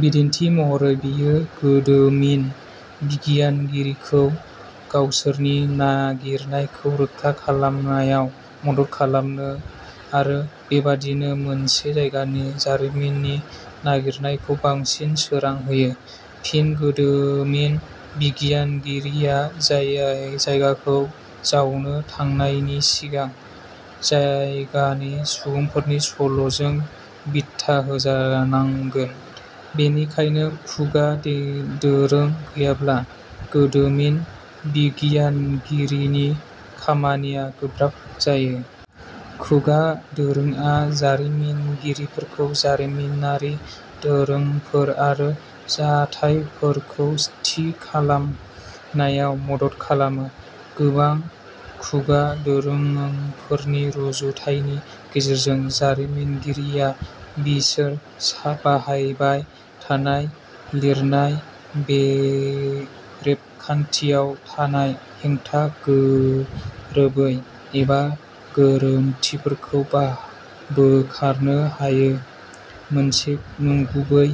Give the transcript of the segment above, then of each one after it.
बिदिन्थि महरै बेयो गोदोमिन बिगियानगिरिखौ गावसोरनि नागिरनायखौ रोखा खालामनायाव मदद खालामोनो आरो बेबादिनो मोनसे जायगानि जारिमिननि नागिरनायखौ बांसिन सोरां होयो। फिन गोदोमिन बिगियानगिरिया जाय जायगाखौ जावनो थांनायनि सिगां जायगानि सुबुंफोरनि सल'जों बिथा होजानांगोन। बेनिखायनो खुगा दे दोरों गैयाब्ला गोदोमिन बिगियानगिरिनि खामानिया गोब्राब जायो। खुगा दोरोंआ जारिमिनगिरिखौ जारिमिनारि दोरोंफोर आरो जाथायफोरखौ थि खालामनायाव मदद खालामो। गोबां खुगा दोरोंफोरनि रुजुथायनि गेजेरजों जारिमिनगिरिया बिसोर बाहायबाय थानाय लिरनाय बे रेबगान्थियाव थानाय हेंथा गोरोबै एबा गोरोन्थिफोरखौ बोखारनो हायो मोनसे नंगुबै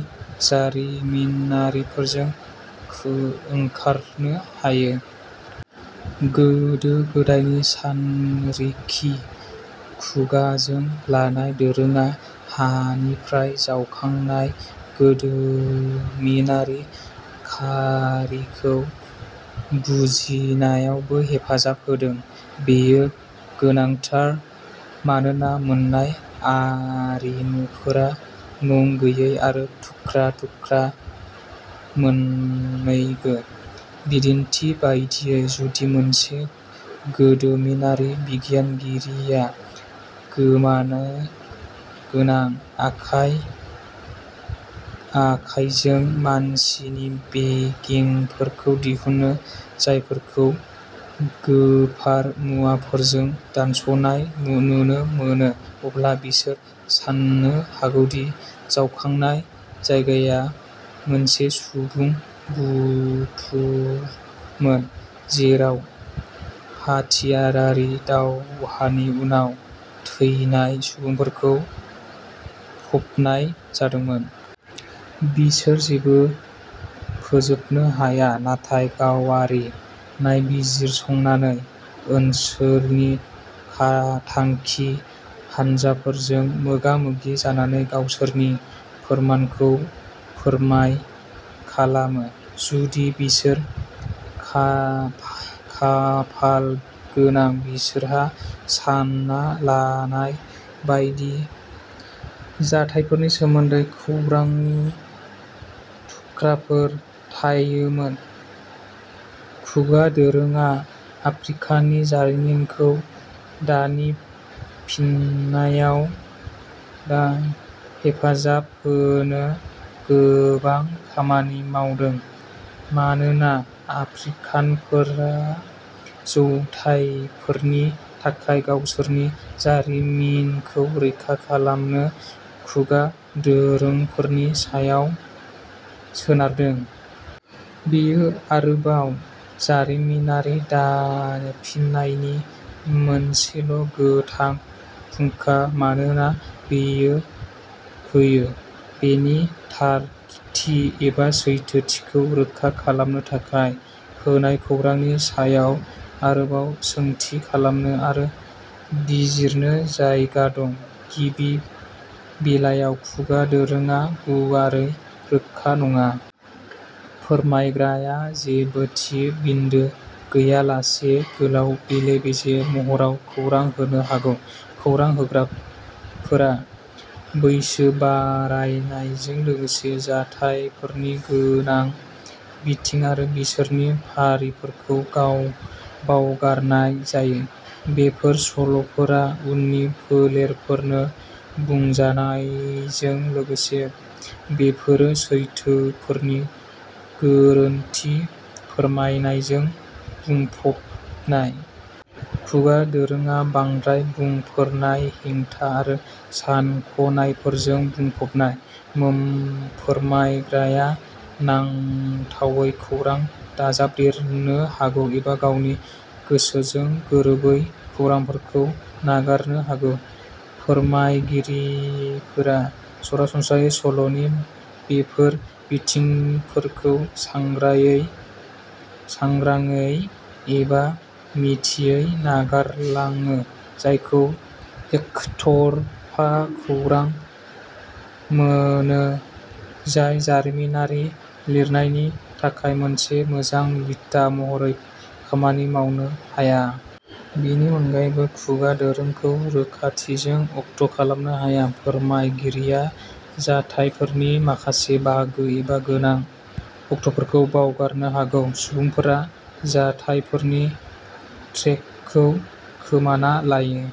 जारिमिनारिजों ओंखारनो हायो। गोदो गोदायनि सानरिखि। खुगाजों लानाय दोरोङा हानिफ्राय जावखांनाय गोदोमिनारि खारिखौ बुजिनायावबो हेफाजाब होदों। बेयो गोनांथार मानोना मोन्नाय आरिमुफोरा मुं गैयै आरो थुख्रा थुख्रा मोन्नैबो। बिदिन्थि बायदियै जुदि मोनसे गोदोमिनारि बिगियानगिरिया गोमानो गोनां आखाइ आखाइजों मानसिनि बेगेंफोरखौ दिहुनो जायफोरखौ गोफार मुवाफोरजों दानस'नाय नुनो मोनो अब्ला बिसोर साननो हागौ दि जावखांनाय जायगाया मोनसे सुबुं बुथुरमोन जेराव हाथियारारि दावहानि उनाव थैनाय सुबुंफोरखौ फबनाय जादोंमोन। बिसोर जेबो फोजोबनो हाया नाथाय गावआरि नायबिजिरसंनानै, ओनसोलनि थांखि हानजाफोरजों मोगा मोगि जानानै गावसोरनि फोरमानखौ फोरमाय खालामो। जुदि बिसोर खाफा खाफालगोनां बिसोरहा सानना लानाय बायदि जाथायफोरनि सोमोन्दै खौरांनि थुख्राफोर थायोमोन। खुगा दोरोङा आफ्रिकानि जारिमिनखौ दानिफिननायाव हेफाजाब होनो गोबां खामानि मावदों मानोना आफ्रिकानफोरा जौथायफोरनि थाखाय गावसोरनि जारिमिनखौ रैखा खालामनो खुगा दोरोंफोरनि सायाव सोनारदों। बेयो आरोबाव जारिमिनारि दाफिननायनि मोनसेल'गोथां फुंखा मानोना बेयो होयो। बेनि थारथि एबा सैथोथिखौ रोखा खालामनो थाखाय होनाय खौरांनि सायाव आरोबाव सोंथि खालामनो आरो बिजिरनो जायगा दं। गिबि बेलायाव खुगा दोरोङा गुवारै रोखा नङा। फोरमायग्राया जेबो थि बिन्दो गैयालासे गोलाव बेले बेजे महराव खौरां होनो हागौ। खौरां होग्राफोरा बैसो बारायनायजों लोगोसे जाथायफोरनि गोनां बिथिं आरो बिसोरनि फारिफोरखौ गाव बावगारनाय जायो। बेफोर सल'फोरा उननि फोलेरफोरनो बुंजानायजों लोगोसे बेफोरो सैथोफोरनि गोरोन्थि फोरमायनायजों बुंफबनाय। खुगा दोरोङा बांद्राय बुंफोरनाय हेंथा आरो सानख'नायफोरजों बुंफबनाय। फोरमायग्राया नांथावै खौरां दाजाबदेरनो हागौ एबा गावनि गोसोजों गोरोबै खौरांफोरखौ नागारनो हागौ। फोरमायगिरिफोरा सरासनस्रायै सल'नि बेफोर बिथिंफोरखौ सांग्रायै सांग्रांयै एबा मिथियै नागारलाङो जायजों एकतरफा खौरां मोनो जाय जारिमिनारि लिरनायनि थाखाय मोनसे मोजां बिथा महरै खामानि मावनो हाया। बेनि अनगायैबो खुगा दोरोंखौ रोखाथिजों अक्ट'खालामनो हाया। फोरमायगिरिया जाथायफोरनि माखासे बाहागो एबा गोनां अक्ट'फोरखौ बावगारनो हागौ। सुबुंफोरा जाथायफोरनि ट्रेकखौ खोमाना लायो।